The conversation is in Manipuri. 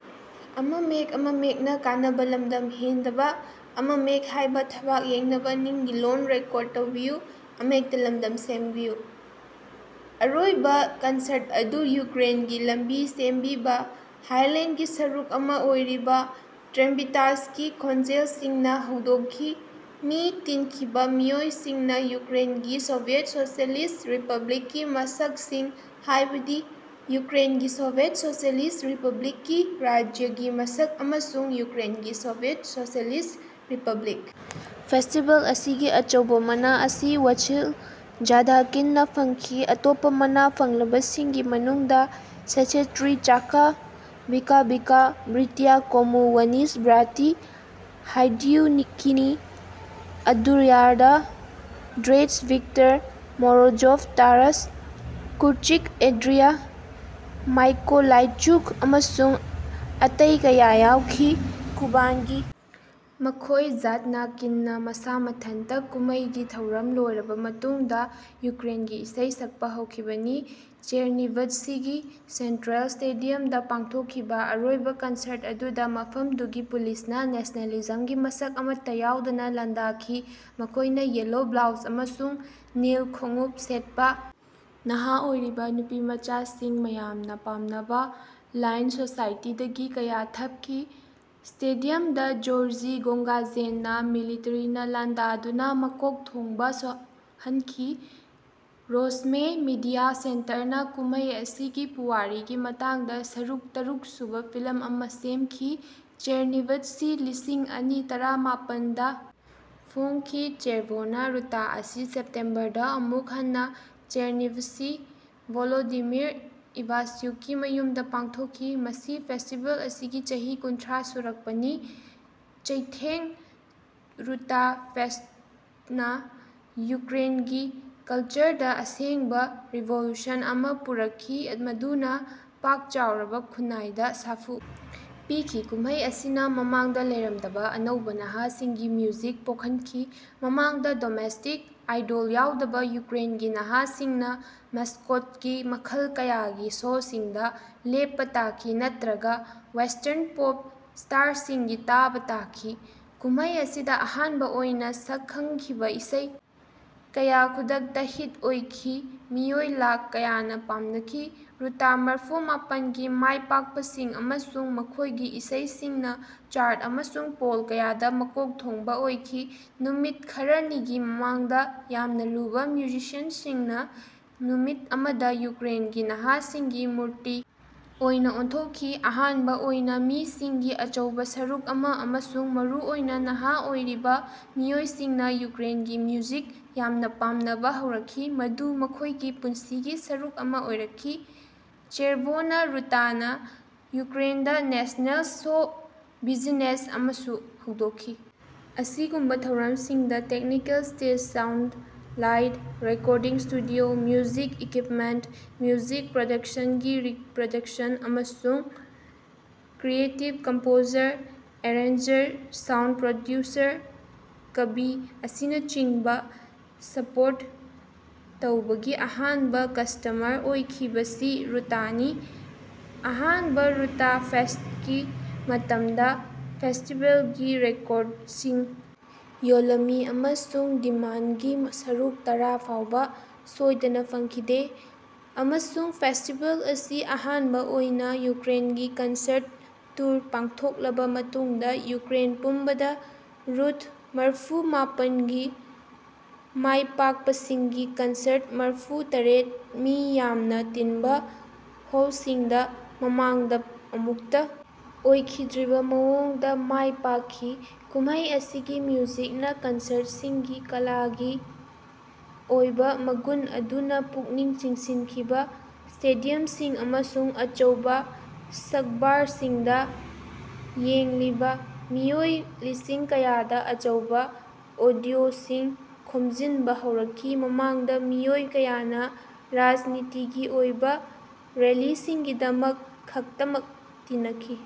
ꯑꯔꯣꯏꯕꯥ ꯀꯟꯁꯔꯠ ꯑꯗꯨ ꯌꯨꯀ꯭ꯔꯦꯟꯒꯤ ꯂꯝꯕꯤ ꯁꯦꯝꯕꯤꯕꯥ ꯍꯥꯏꯂꯦꯟꯗꯒꯤ ꯁꯔꯨꯛ ꯑꯃꯥ ꯑꯣꯏꯔꯤꯕꯥ ꯇ꯭ꯔꯦꯝꯕꯤꯇꯥꯁꯀꯤ ꯈꯣꯟꯖꯦꯜꯁꯤꯡꯅꯥ ꯍꯧꯗꯣꯛꯈꯤ꯫ ꯃꯤ ꯇꯤꯟꯈꯤꯕꯥ ꯃꯤꯑꯣꯏꯁꯤꯡꯅꯥ ꯌꯨꯀ꯭ꯔꯦꯟꯒꯤ ꯁꯣꯚꯤꯌꯦꯠ ꯁꯣꯁꯤꯌꯦꯂꯤꯁꯠ ꯔꯤꯄ꯭ꯂꯕꯤꯛꯀꯤ ꯃꯁꯛꯁꯤꯡ ꯍꯥꯏꯕꯗꯤ ꯌꯨꯀ꯭ꯔꯦꯟꯒꯤ ꯁꯣꯚꯤꯌꯦꯠ ꯁꯣꯁꯤꯌꯦꯂꯤꯁꯠ ꯔꯤꯄ꯭ꯂꯕꯤꯛꯀꯤ ꯔꯥꯖ꯭ꯌꯒꯤ ꯃꯁꯛ ꯑꯃꯁꯨꯡ ꯌꯨꯀ꯭ꯔꯦꯟꯒꯤ ꯁꯣꯚꯤꯌꯦꯠ ꯁꯣꯁꯤꯌꯦꯂꯤꯁꯠ ꯔꯤꯄ꯭ꯂꯕꯤꯛ ꯐꯦꯁ꯭ꯇꯤꯕꯦꯜ ꯑꯁꯤꯒꯤ ꯑꯆꯧꯕꯥ ꯃꯅꯥ ꯑꯁꯤ ꯋꯥꯁꯤꯜ ꯓꯥꯗꯅꯀꯤꯟꯅꯥ ꯐꯪꯈꯤ ꯑꯇꯣꯞꯄꯥ ꯃꯅꯥ ꯐꯪꯂꯕꯁꯤꯡꯒꯤ ꯃꯅꯨꯡꯗꯥ ꯁꯦꯁ꯭ꯠꯔꯤꯆꯀꯥ ꯚꯤꯀꯥ ꯚꯤꯀꯥ ꯕ꯭ꯔꯗꯤꯌ Komu Vnyz Braty Hadiukiny Eduard Drach Viktor Morozov Taras Kurchyk Andriy Mykolaichuk ꯑꯃꯁꯨꯡ ꯑꯇꯩ ꯀꯌꯥ ꯌꯥꯎꯈꯤ꯫ ꯀꯨꯕꯥꯟꯒꯤ ꯃꯈꯣꯏ ꯓꯥꯗꯅꯀꯤꯅꯅꯥ ꯃꯁꯥ ꯃꯊꯟꯇꯥ ꯀꯨꯝꯃꯩꯒꯤ ꯊꯧꯔꯝ ꯂꯣꯏꯔꯕꯥ ꯃꯇꯨꯡꯗꯥ ꯌꯨꯀ꯭ꯔꯦꯟꯒꯤ ꯏꯁꯩ ꯁꯛꯄꯥ ꯍꯧꯈꯤꯕꯅꯤ꯫ ꯆꯦꯔꯅꯤꯚꯠꯁꯤꯒꯤ ꯁꯦꯟꯇ꯭ꯔꯦꯜ ꯁ꯭ꯇꯦꯗꯤꯌꯝꯗꯥ ꯄꯥꯡꯊꯣꯛꯈꯤꯕꯥ ꯑꯔꯣꯏꯕꯥ ꯀꯟꯁꯔꯠ ꯑꯗꯨꯗꯥ ꯃꯐꯝꯗꯨꯒꯤ ꯄꯨꯂꯤꯁꯅꯥ ꯅꯦꯁ꯭ꯅꯦꯂꯤꯖꯝꯒꯤ ꯃꯁꯛ ꯑꯃꯠꯇꯥ ꯌꯥꯎꯗꯅꯥ ꯂꯥꯟꯗꯥꯈꯤ ꯃꯈꯣꯏꯅꯥ ꯌꯦꯜꯂꯣ ꯕ꯭ꯂꯣꯎꯖ ꯑꯃꯁꯨꯡ ꯅꯤꯜ ꯈꯣꯡꯎꯞ ꯁꯦꯠꯄꯥ ꯅꯍꯥ ꯑꯣꯏꯔꯤꯕꯥ ꯅꯨꯄꯤꯃꯆꯥꯁꯤꯡ ꯃꯌꯥꯝꯅꯥ ꯄꯥꯝꯅꯕꯥ ꯂꯥꯏꯟ ꯁꯣꯁꯥꯏꯇꯤꯗꯒꯤ ꯀꯌꯥ ꯊꯞꯈꯤ꯫ ꯁ꯭ꯇꯦꯗꯤꯌꯝꯗꯥ ꯖꯣꯔꯖꯤ ꯒꯣꯉ꯭ꯒꯥꯖ꯭ꯖꯦꯅꯥ ꯃꯤꯂꯤꯇꯔꯤꯅꯥ ꯂꯥꯟꯗꯥꯗꯨꯅꯥ ꯃꯀꯣꯛꯊꯣꯡꯕꯗꯥ ꯁꯣꯛꯍꯟꯈꯤ꯫ ꯔꯣꯁꯃꯦ ꯃꯤꯗꯤꯌꯥ ꯁꯦꯟꯇꯔꯅꯥ ꯀꯨꯝꯃꯩ ꯑꯁꯤꯒꯤ ꯄꯨꯋꯥꯔꯤꯒꯤ ꯃꯇꯥꯡꯗꯥ ꯁꯔꯨꯛ ꯇꯔꯨꯛ ꯁꯨꯕꯥ ꯐꯤꯂꯝ ꯑꯃꯥ ꯁꯦꯝꯈꯤ꯫ ꯆꯦꯔꯅꯤꯚꯠꯁꯤ ꯂꯤꯁꯤꯡ ꯑꯅꯤ ꯇꯔꯥꯃꯥꯄꯟꯗꯥ ꯐꯣꯡꯈꯤ ꯆꯦꯔꯚꯣꯅꯥ ꯔꯨꯇꯥ ꯑꯁꯤ ꯁꯦꯞꯇꯦꯝꯕꯔ ꯗꯥ ꯑꯃꯨꯛ ꯍꯟꯅꯥ ꯆꯦꯔꯅꯤꯚꯁꯤ ꯚꯣꯂꯣꯗꯤꯃꯤꯔ ꯏꯚꯥꯁ꯭ꯌꯨꯛꯀꯤ ꯃꯌꯨꯝꯗꯥ ꯄꯥꯡꯊꯣꯛꯈꯤ꯫ ꯃꯁꯤ ꯐꯦꯁ꯭ꯇꯤꯕꯦꯜ ꯑꯁꯤꯒꯤ ꯆꯍꯤ ꯀꯨꯟꯊ꯭ꯔꯥ ꯁꯨꯔꯛꯄꯅꯤ꯫ ꯆꯩꯊꯦꯡ ꯔꯨꯇꯥ ꯐꯦꯁ꯭ꯇꯅꯥ ꯌꯨꯀ꯭ꯔꯦꯟꯒꯤ ꯀꯜꯆꯔꯗꯥ ꯑꯁꯦꯡꯕꯥ ꯔꯤꯚꯣꯂꯨꯁꯟ ꯑꯃꯥ ꯄꯨꯔꯛꯈꯤ ꯃꯗꯨꯅꯥ ꯄꯥꯛ ꯆꯥꯎꯔꯕꯥ ꯈꯨꯟꯅꯥꯏꯗꯥ ꯁꯥꯐꯨ ꯄꯤꯈꯤ꯫ ꯀꯨꯝꯃꯩ ꯑꯁꯤꯅꯥ ꯃꯃꯥꯡꯗꯥ ꯂꯩꯔꯝꯗꯕꯥ ꯑꯅꯧꯕꯥ ꯅꯍꯥꯁꯤꯡꯒꯤ ꯃ꯭ꯌꯨꯖꯤꯛ ꯄꯣꯀꯍꯅꯈꯤ꯫ ꯃꯃꯥꯡꯗꯥ ꯗꯣꯃꯦꯁ꯭ꯇꯤꯛ ꯑꯥꯏꯗꯣꯜ ꯌꯥꯎꯗꯕꯥ ꯌꯨꯀ꯭ꯔꯦꯟꯒꯤ ꯅꯍꯥꯁꯤꯡꯅꯥ ꯃꯁ꯭ꯀꯣꯗꯒꯤ ꯃꯈꯜ ꯀꯌꯥꯒꯤ ꯁꯣꯁꯤꯡꯗꯥ ꯂꯦꯞꯄꯥ ꯇꯥꯈꯤ ꯅꯠꯇ꯭ꯔꯒꯥ ꯋꯦꯁ꯭ꯇꯔꯟ ꯄꯣꯞ ꯁ꯭ꯇꯥꯔꯁꯤꯡ ꯇꯥꯕꯥ ꯇꯥꯈꯤ꯫ ꯀꯨꯝꯃꯩ ꯑꯁꯤꯗꯥ ꯑꯍꯥꯟꯕꯥ ꯑꯣꯏꯅꯥ ꯁꯛꯈꯪꯈꯤꯕꯥ ꯏꯁꯩ ꯀꯌꯥ ꯈꯨꯗꯛꯇꯥ ꯍꯤꯠ ꯑꯣꯏꯈꯤ ꯃꯤꯑꯣꯏ ꯂꯥꯈ ꯀꯌꯥꯅꯥ ꯄꯥꯝꯅꯈꯤ꯫ ꯔꯨꯇꯥ ꯃꯔꯐꯨ ꯃꯥꯄꯟꯒꯤ ꯃꯥꯏꯄꯥꯛꯄꯁꯤꯡ ꯑꯃꯁꯨꯡ ꯃꯈꯣꯏꯒꯤ ꯏꯁꯩꯁꯤꯡꯅꯥ ꯆꯥꯔꯠ ꯑꯃꯁꯨꯡ ꯄꯣꯜ ꯀꯌꯥꯗꯥ ꯃꯀꯣꯛ ꯊꯣꯡꯕꯥ ꯑꯣꯏꯈꯤ꯫ ꯅꯨꯃꯤꯠ ꯈꯔꯅꯤꯒꯤ ꯃꯃꯥꯡꯗꯥ ꯌꯥꯝꯅꯥ ꯂꯨꯕꯥ ꯃ꯭ꯌꯨꯖꯤꯁꯤꯌꯥꯟꯁꯤꯡꯅꯥ ꯅꯨꯃꯤꯠ ꯑꯃꯗꯥ ꯌꯨꯀ꯭ꯔꯦꯟꯒꯤ ꯅꯍꯥꯁꯤꯡꯒꯤ ꯃꯨꯔꯇꯤ ꯑꯣꯏꯅꯥ ꯑꯣꯟꯊꯣꯛꯈꯤ꯫ ꯑꯍꯥꯟꯕꯥ ꯑꯣꯏꯅꯥ ꯃꯤꯁꯤꯡꯒꯤ ꯑꯆꯧꯕꯥ ꯁꯔꯨꯛ ꯑꯃꯥ ꯑꯃꯁꯨꯡ ꯃꯔꯨ ꯑꯣꯏꯅꯥ ꯅꯍꯥ ꯑꯣꯏꯔꯤꯕꯥ ꯃꯤꯑꯣꯏꯁꯤꯡꯅꯥ ꯌꯨꯀ꯭ꯔꯦꯟꯒꯤ ꯃ꯭ꯌꯨꯖꯤꯛ ꯌꯥꯝꯅꯥ ꯄꯥꯝꯅꯕꯥ ꯍꯧꯔꯛꯈꯤ ꯃꯗꯨ ꯃꯈꯣꯏꯒꯤ ꯄꯨꯟꯁꯤꯒꯤ ꯁꯔꯨꯛ ꯑꯃꯥ ꯑꯣꯏꯔꯛꯈꯤ꯫ ꯆꯦꯔꯚꯣꯅꯥ ꯔꯨꯇꯥꯅꯥ ꯌꯨꯀ꯭ꯔꯦꯟꯗꯥ ꯅꯦꯁ꯭ꯅꯦꯜ ꯁꯣ ꯕꯤꯖꯤꯅꯦꯁ ꯑꯃꯁꯨ ꯍꯧꯗꯣꯛꯈꯤ꯫ ꯑꯁꯤꯒꯨꯝꯕꯥ ꯊꯧꯔꯝꯁꯤꯡꯗꯥ technical stage sound light recording studio music equipment music ꯄ꯭ꯔꯣꯗꯛꯁꯟꯒꯤ ꯔꯤꯄ꯭ꯔꯗꯛꯁꯟ ꯑꯃꯁꯨꯡ creative composer arranger sound producer ꯀꯕꯤ ꯑꯁꯤꯅꯆꯤꯡꯕꯥ ꯁꯄꯣꯔꯠ ꯇꯧꯕꯒꯤ ꯑꯍꯥꯟꯕꯥ ꯀꯁ꯭ꯇꯃꯔ ꯑꯣꯏꯈꯤꯕꯁꯤ ꯔꯨꯇꯥꯅꯤ꯫ ꯑꯍꯥꯟꯕꯥ ꯔꯨꯇꯥ ꯐꯦꯁ꯭ꯠꯀꯤ ꯃꯇꯝꯗꯥ ꯐꯦꯁ꯭ꯇꯤꯕꯦꯜꯒꯤ ꯔꯦꯀꯣꯔꯗꯁꯤꯡ ꯌꯣꯜꯂꯝꯃꯤ ꯑꯃꯁꯨꯡ ꯗꯤꯃꯥꯟꯗꯒꯤ ꯁꯔꯨꯛ ꯇꯔꯥ ꯐꯥꯎꯕꯥ ꯁꯣꯏꯗꯅꯥ ꯐꯪꯈꯤꯗꯦ꯫ ꯑꯃꯁꯨꯡ ꯐꯦꯁ꯭ꯇꯤꯕꯦꯜ ꯑꯁꯤ ꯑꯍꯥꯟꯕꯥ ꯑꯣꯏꯅꯥ ꯌꯨꯀ꯭ꯔꯦꯟꯒꯤ ꯀꯟꯁꯔꯠ ꯇꯨꯔ ꯄꯥꯡꯊꯣꯛꯂꯕꯥ ꯃꯇꯨꯡꯗꯥ ꯌꯨꯀ꯭ꯔꯦꯟ ꯄꯨꯝꯕꯗꯥ ꯔꯨꯊ ꯃꯔꯐꯨ ꯃꯥꯄꯟꯒꯤ ꯃꯥꯏꯄꯥꯛꯄꯁꯤꯡꯒꯤ ꯀꯟꯁꯔꯠ ꯃꯔꯐꯨ ꯇꯔꯦꯠ ꯃꯤ ꯌꯥꯝꯅꯥ ꯇꯤꯅꯕꯥ ꯍꯣꯜꯁꯤꯡꯗꯥ ꯃꯃꯥꯡꯗꯥ ꯑꯃꯨꯛꯇꯥ ꯑꯣꯏꯈꯤꯗ꯭ꯔꯤꯕꯥ ꯃꯑꯣꯡꯗꯥ ꯃꯥꯏꯄꯥꯛꯈꯤ꯫ ꯀꯨꯝꯃꯩ ꯑꯁꯤꯒꯤ ꯃ꯭ꯌꯨꯖꯤꯛꯅꯥ ꯀꯟꯁꯔꯠꯁꯤꯡꯒꯤ ꯀꯂꯥꯒꯤ ꯑꯣꯏꯕꯥ ꯃꯒꯨꯟ ꯑꯗꯨꯅꯥ ꯄꯨꯛꯅꯤꯡ ꯆꯤꯡꯁꯤꯟꯈꯤꯕꯥ ꯁ꯭ꯇꯦꯗꯤꯌꯝꯁꯤꯡ ꯑꯃꯁꯨꯡ ꯑꯆꯧꯕꯥ ꯁꯛꯕꯥꯔꯁꯤꯡꯗꯥ ꯌꯦꯡꯂꯤꯕꯥ ꯃꯤꯑꯣꯏ ꯂꯤꯁꯤꯡ ꯀꯌꯥꯗꯥ ꯑꯆꯧꯕꯥ ꯑꯣꯗꯤꯑꯣꯁꯤꯡ ꯈꯣꯝꯖꯤꯟꯕꯥ ꯍꯧꯔꯛꯈꯤ ꯃꯃꯥꯡꯗꯥ ꯃꯤꯑꯣꯏ ꯀꯌꯥꯅꯥ ꯔꯥꯖꯅꯤꯇꯤꯒꯤ ꯑꯣꯏꯕꯥ ꯔꯦꯂꯤꯁꯤꯡꯒꯤꯗꯃꯛ ꯈꯛꯇꯃꯛ ꯇꯤꯅꯈꯤ꯫